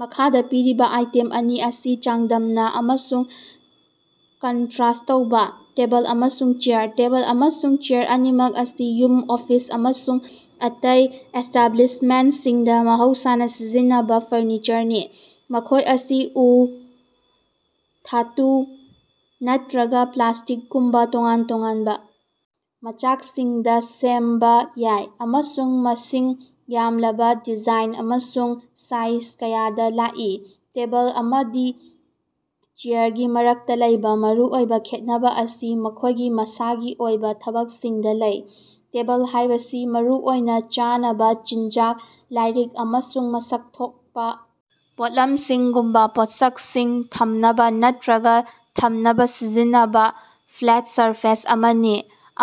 ꯃꯈꯥꯗ ꯄꯤꯔꯤꯕ ꯑꯥꯏꯇꯦꯝ ꯑꯅꯤ ꯑꯁꯤ ꯆꯥꯡꯗꯝꯅ ꯑꯃꯁꯨꯡ ꯀꯟꯇꯔꯦꯁ꯭ꯠ ꯇꯧꯕ꯫ ꯇꯦꯕꯜ ꯑꯃꯁꯨꯡ ꯆꯦꯌꯥꯔ꯫ ꯇꯦꯕꯜ ꯑꯃꯁꯨꯡ ꯆꯦꯌꯥꯔ ꯑꯅꯤꯃꯛ ꯑꯁꯤ ꯌꯨꯝ, ꯑꯣꯐꯤꯁ ꯑꯃꯁꯨꯡ ꯑꯇꯩ ꯏꯁ꯭ꯇꯥꯕ꯭ꯂꯤꯁꯃꯦꯟꯁꯤꯡꯗ ꯃꯍꯧꯁꯥꯅ ꯁꯤꯖꯤꯟꯅꯕ ꯐꯔꯅꯤꯆꯔꯅꯤ꯫ ꯃꯈꯣꯏ ꯑꯁꯤ ꯎ, ꯙꯥꯇꯨ, ꯅꯠꯇ꯭ꯔꯒ ꯄ꯭ꯂꯥꯁꯇꯤꯛꯒꯨꯝꯕ ꯇꯣꯉꯥꯟ ꯇꯣꯉꯥꯟꯕ ꯃꯆꯥꯛꯁꯤꯡꯗꯒꯤ ꯁꯦꯝꯕ ꯌꯥꯏ ꯑꯃꯁꯨꯡ ꯃꯁꯤꯡ ꯌꯥꯝꯂꯕ ꯗꯤꯖꯥꯏꯟ ꯑꯃꯁꯨꯡ ꯁꯥꯏꯖ ꯀꯌꯥꯗ ꯂꯥꯛꯏ꯫ ꯇꯦꯕꯜ ꯑꯃꯗꯤ ꯆꯦꯌꯥꯔꯒꯤ ꯃꯔꯛꯇ ꯂꯩꯕ ꯃꯔꯨꯑꯣꯏꯕ ꯈꯦꯠꯅꯕ ꯑꯁꯤ ꯃꯈꯣꯏꯒꯤ ꯃꯁꯥꯒꯤ ꯑꯣꯏꯕ ꯊꯕꯛꯁꯤꯡꯗ ꯂꯩ꯫ ꯇꯦꯕꯜ ꯍꯥꯏꯕꯁꯤ ꯃꯔꯨꯑꯣꯏꯅ ꯆꯥꯅꯕ ꯆꯤꯟꯖꯥꯛ, ꯂꯥꯏꯔꯤꯛ, ꯑꯃꯁꯨꯡ ꯃꯁꯛ ꯊꯣꯛꯄ ꯄꯣꯠꯂꯝꯁꯤꯡꯒꯨꯝꯕ ꯄꯣꯠꯁꯛꯁꯤꯡ ꯊꯝꯅꯕ ꯅꯠꯇꯔꯒ ꯊꯝꯅꯕ ꯁꯤꯖꯤꯟꯅꯕ ꯐ꯭ꯂꯦꯠ ꯁꯔꯐꯦꯁ ꯑꯃꯅꯤ꯫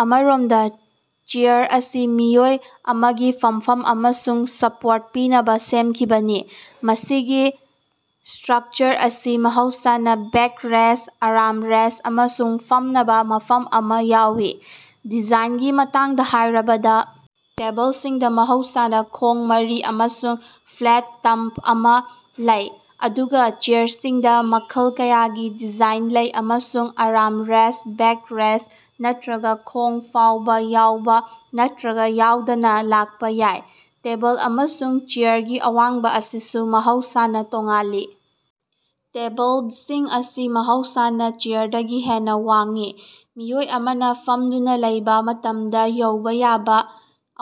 ꯑꯃꯔꯣꯝꯗ, ꯆꯦꯌꯥꯔ ꯑꯁꯤ ꯃꯤꯑꯣꯏ ꯑꯃꯒꯤ ꯐꯝꯐꯝ ꯑꯃꯁꯨꯡ ꯁꯄꯣꯔꯠ ꯄꯤꯅꯕ ꯁꯦꯝꯈꯤꯕꯅꯤ, ꯃꯁꯤꯒꯤ ꯁ꯭ꯇꯔꯛꯆꯔ ꯑꯁꯤ ꯃꯍꯧꯁꯥꯅ ꯕꯦꯛꯔꯦꯁ꯭ꯠ, ꯑꯥꯔ꯭ꯝꯔꯦꯁ꯭ꯠ ꯑꯃꯁꯨꯡ ꯐꯝꯅꯕ ꯃꯐꯝ ꯑꯃ ꯌꯥꯎꯏ꯫ ꯗꯤꯖꯥꯏꯟꯒꯤ ꯃꯇꯥꯡꯗ ꯍꯥꯏꯔꯕꯗ, ꯇꯦꯕꯜꯁꯤꯡꯗ ꯃꯍꯧꯁꯥꯅ ꯈꯣꯡ ꯃꯔꯤ ꯑꯃꯁꯨꯡ ꯐ꯭ꯂꯦꯠ ꯇꯞ ꯑꯃꯥ ꯂꯩ, ꯑꯗꯨꯒ ꯆꯦꯌꯥꯔꯁꯤꯡꯗ ꯃꯈꯜ ꯀꯌꯥꯒꯤ ꯗꯤꯖꯥꯏꯟ ꯂꯩ ꯑꯃꯁꯨꯡ ꯑꯥꯔ꯭ꯝꯔꯦꯁ꯭ꯠ, ꯕꯦꯛꯔꯦꯁ꯭ꯠ ꯅꯠꯇ꯭ꯔꯒ ꯈꯣꯡ ꯐꯥꯎꯕ ꯌꯥꯎꯕ ꯅꯠꯇ꯭ꯔꯒ ꯌꯥꯎꯗꯅ ꯂꯥꯛꯄ ꯌꯥꯏ꯫ ꯇꯦꯕꯜ ꯑꯃꯁꯨꯡ ꯆꯦꯌꯥꯔꯒꯤ ꯑꯋꯥꯡꯕ ꯑꯁꯤꯁꯨ ꯃꯍꯧꯁꯥꯅ ꯇꯣꯉꯥꯜꯂꯤ; ꯇꯦꯕꯜꯁꯤꯡ ꯑꯁꯤ ꯃꯍꯧꯁꯥꯅ ꯆꯦꯌꯥꯔꯗꯒꯤ ꯍꯦꯟꯅ ꯋꯥꯡꯏ, ꯃꯤꯑꯣꯏ ꯑꯃꯅ ꯐꯝꯗꯨꯅ ꯂꯩꯕꯥ ꯃꯇꯝꯗ ꯌꯧꯕ ꯌꯥꯕ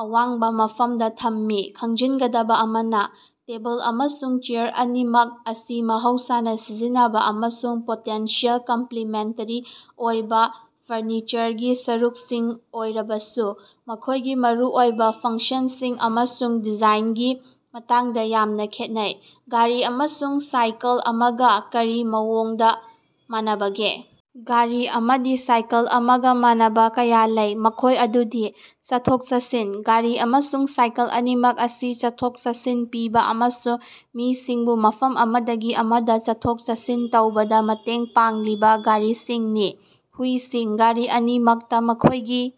ꯑꯋꯥꯡꯕ ꯃꯐꯝꯗ ꯊꯝꯃꯤ꯫ ꯈꯪꯖꯤꯟꯒꯗꯕ ꯑꯃꯅ, ꯇꯦꯕꯜ ꯑꯃꯁꯨꯡ ꯆꯦꯌꯥꯔ ꯑꯅꯤꯃꯛ ꯑꯁꯤ ꯃꯍꯧꯁꯥꯅ ꯁꯤꯖꯤꯟꯅꯕ ꯑꯃꯁꯨꯡ ꯄꯣꯇꯦꯟꯁꯤꯑꯦꯜ ꯀꯝꯄꯂꯤꯃꯦꯟꯇꯦꯔꯤ ꯑꯣꯏꯕ ꯐꯔꯅꯤꯆꯔꯒꯤ ꯁꯔꯨꯛꯁꯤꯡ ꯑꯣꯏꯔꯕꯁꯨ, ꯃꯈꯣꯏꯒꯤ ꯃꯔꯨꯑꯣꯏꯕ ꯐꯪꯁꯟꯁꯤꯡ ꯑꯃꯁꯨꯡ ꯗꯤꯖꯥꯏꯟꯒꯤ ꯃꯇꯥꯡꯗ ꯌꯥꯝꯅ ꯈꯦꯠꯅꯩ꯫ ꯒꯥꯔꯤ ꯑꯃꯅ ꯁꯥꯏꯀꯜ ꯑꯃꯒ ꯀꯔꯤ ꯃꯑꯣꯡꯗ ꯃꯥꯟꯅꯕꯒꯦ? ꯒꯥꯔꯤ ꯑꯃꯗꯤ ꯁꯥꯏꯀꯜ ꯑꯃꯒ ꯃꯥꯟꯅꯕ ꯀꯌꯥ ꯂꯩ, ꯃꯈꯣꯏ ꯑꯗꯨꯗꯤ: ꯆꯠꯊꯣꯛ-ꯆꯠꯁꯤꯟ: ꯒꯥꯔꯤ ꯑꯃꯁꯨꯡ ꯁꯥꯏꯀꯜ ꯑꯅꯤꯃꯛ ꯑꯁꯤ ꯆꯠꯊꯣꯛ ꯆꯠꯁꯤꯟ ꯄꯤꯕ ꯑꯃꯁꯨꯡ ꯃꯤꯁꯤꯡꯕꯨ ꯃꯐꯝ ꯑꯃꯗꯒꯤ ꯑꯃꯗ ꯆꯠꯊꯣꯛ ꯆꯠꯁꯤꯟ ꯇꯧꯕꯗ ꯃꯇꯦꯡ ꯄꯥꯡꯂꯤꯕ ꯒꯥꯔꯤꯁꯤꯡꯅꯤ꯫ ꯍꯨꯏꯁꯤꯡ: ꯒꯥꯔꯤ ꯑꯅꯤꯃꯛꯇ ꯃꯈꯣꯏꯒꯤ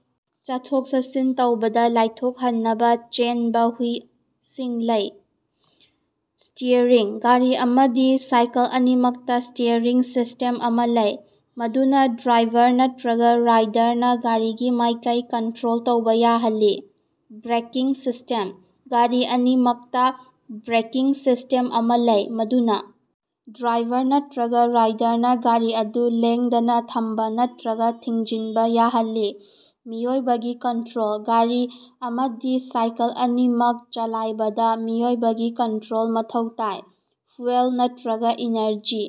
ꯆꯠꯊꯣꯛ-ꯆꯠꯁꯤꯟ ꯇꯧꯕꯗ ꯂꯥꯏꯊꯣꯛꯍꯟꯅꯕ ꯆꯦꯟꯕ ꯍꯨꯏꯁꯤꯡ ꯂꯩ꯫ ꯁ꯭ꯇꯤꯌꯔꯤꯡ: ꯒꯥꯔꯤ ꯑꯃꯗꯤ ꯁꯥꯏꯀꯜ ꯑꯅꯤꯃꯛꯇ ꯁ꯭ꯇꯤꯌꯔꯤꯡ ꯁꯤꯁ꯭ꯇꯦꯝ ꯑꯃꯥ ꯂꯩ, ꯃꯗꯨꯅ ꯗ꯭ꯔꯥꯏꯚꯔ ꯅꯠꯇꯔꯒ ꯔꯥꯏꯗꯔꯅ ꯒꯥꯔꯤꯒꯤ ꯃꯥꯏꯀꯩ ꯀꯟꯇꯔꯣꯜ ꯇꯧꯕ ꯌꯥꯍꯜꯂꯤ꯫ ꯕ꯭ꯔꯦꯀꯤꯡ ꯁꯤꯁ꯭ꯇꯦꯝ: ꯒꯥꯔꯤ ꯑꯅꯤꯃꯛꯇ ꯕ꯭ꯔꯦꯀꯤꯡ ꯁꯤꯁ꯭ꯇꯦꯝ ꯑꯃꯥ ꯂꯩ, ꯃꯗꯨꯅ ꯗ꯭ꯔꯥꯏꯚꯔ ꯅꯠꯇꯔꯒ ꯔꯥꯏꯗꯔꯅ ꯒꯥꯔꯤ ꯑꯗꯨ ꯂꯦꯡꯗꯅ ꯊꯝꯕ ꯅꯠꯇꯔꯒ ꯊꯤꯡꯖꯤꯟꯕ ꯌꯥꯍꯜꯂꯤ꯫ ꯃꯤꯑꯣꯏꯕꯒꯤ ꯀꯟꯇ꯭ꯔꯣꯜ: ꯒꯥꯔꯤ ꯑꯃꯗꯤ ꯁꯥꯏꯀꯜ ꯑꯅꯤꯃꯛ ꯆꯂꯥꯏꯕꯗ ꯃꯤꯑꯣꯏꯕꯒꯤ ꯀꯟꯇꯔꯣꯜ ꯃꯊꯧ ꯇꯥꯏ꯫ ꯐ꯭ꯌꯨꯑꯦꯜ ꯅꯠꯇꯔꯒ ꯑꯦꯅꯔꯖꯤ: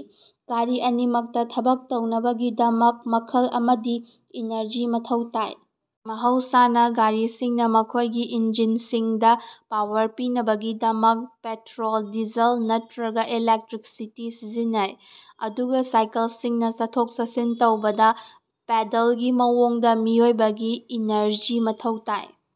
ꯒꯥꯔꯤ ꯑꯅꯤꯃꯛ ꯊꯕꯛ ꯇꯧꯅꯕꯒꯤꯗꯃꯛꯇ ꯃꯈꯜ ꯑꯃꯒꯤ ꯏꯅꯔꯖꯤ ꯃꯊꯧ ꯇꯥꯏ꯫ ꯃꯍꯧꯁꯥꯅ ꯒꯥꯔꯤꯁꯤꯡꯅ ꯃꯈꯣꯏꯒꯤ ꯏꯟꯖꯤꯟꯁꯤꯡꯗ ꯄꯥꯋꯔ ꯄꯤꯅꯕꯒꯤꯗꯃꯛ ꯄꯦꯇꯔꯣꯜ, ꯗꯤꯖꯦꯜ ꯅꯠꯇꯔꯒ ꯏꯂꯦꯛꯇ꯭ꯔꯤꯁꯤꯇꯤ ꯁꯤꯖꯤꯟꯅꯩ, ꯑꯗꯨꯒ ꯁꯥꯏꯀꯜꯁꯤꯡꯅ ꯆꯠꯊꯣꯛ-ꯆꯠꯁꯤꯟ ꯇꯧꯕꯗ ꯄꯦꯗꯜꯒꯤ ꯃꯑꯣꯡꯗ ꯃꯤꯑꯣꯏꯕꯒꯤ ꯏꯅꯔꯖꯤ ꯃꯊꯧ ꯇꯥꯏ꯫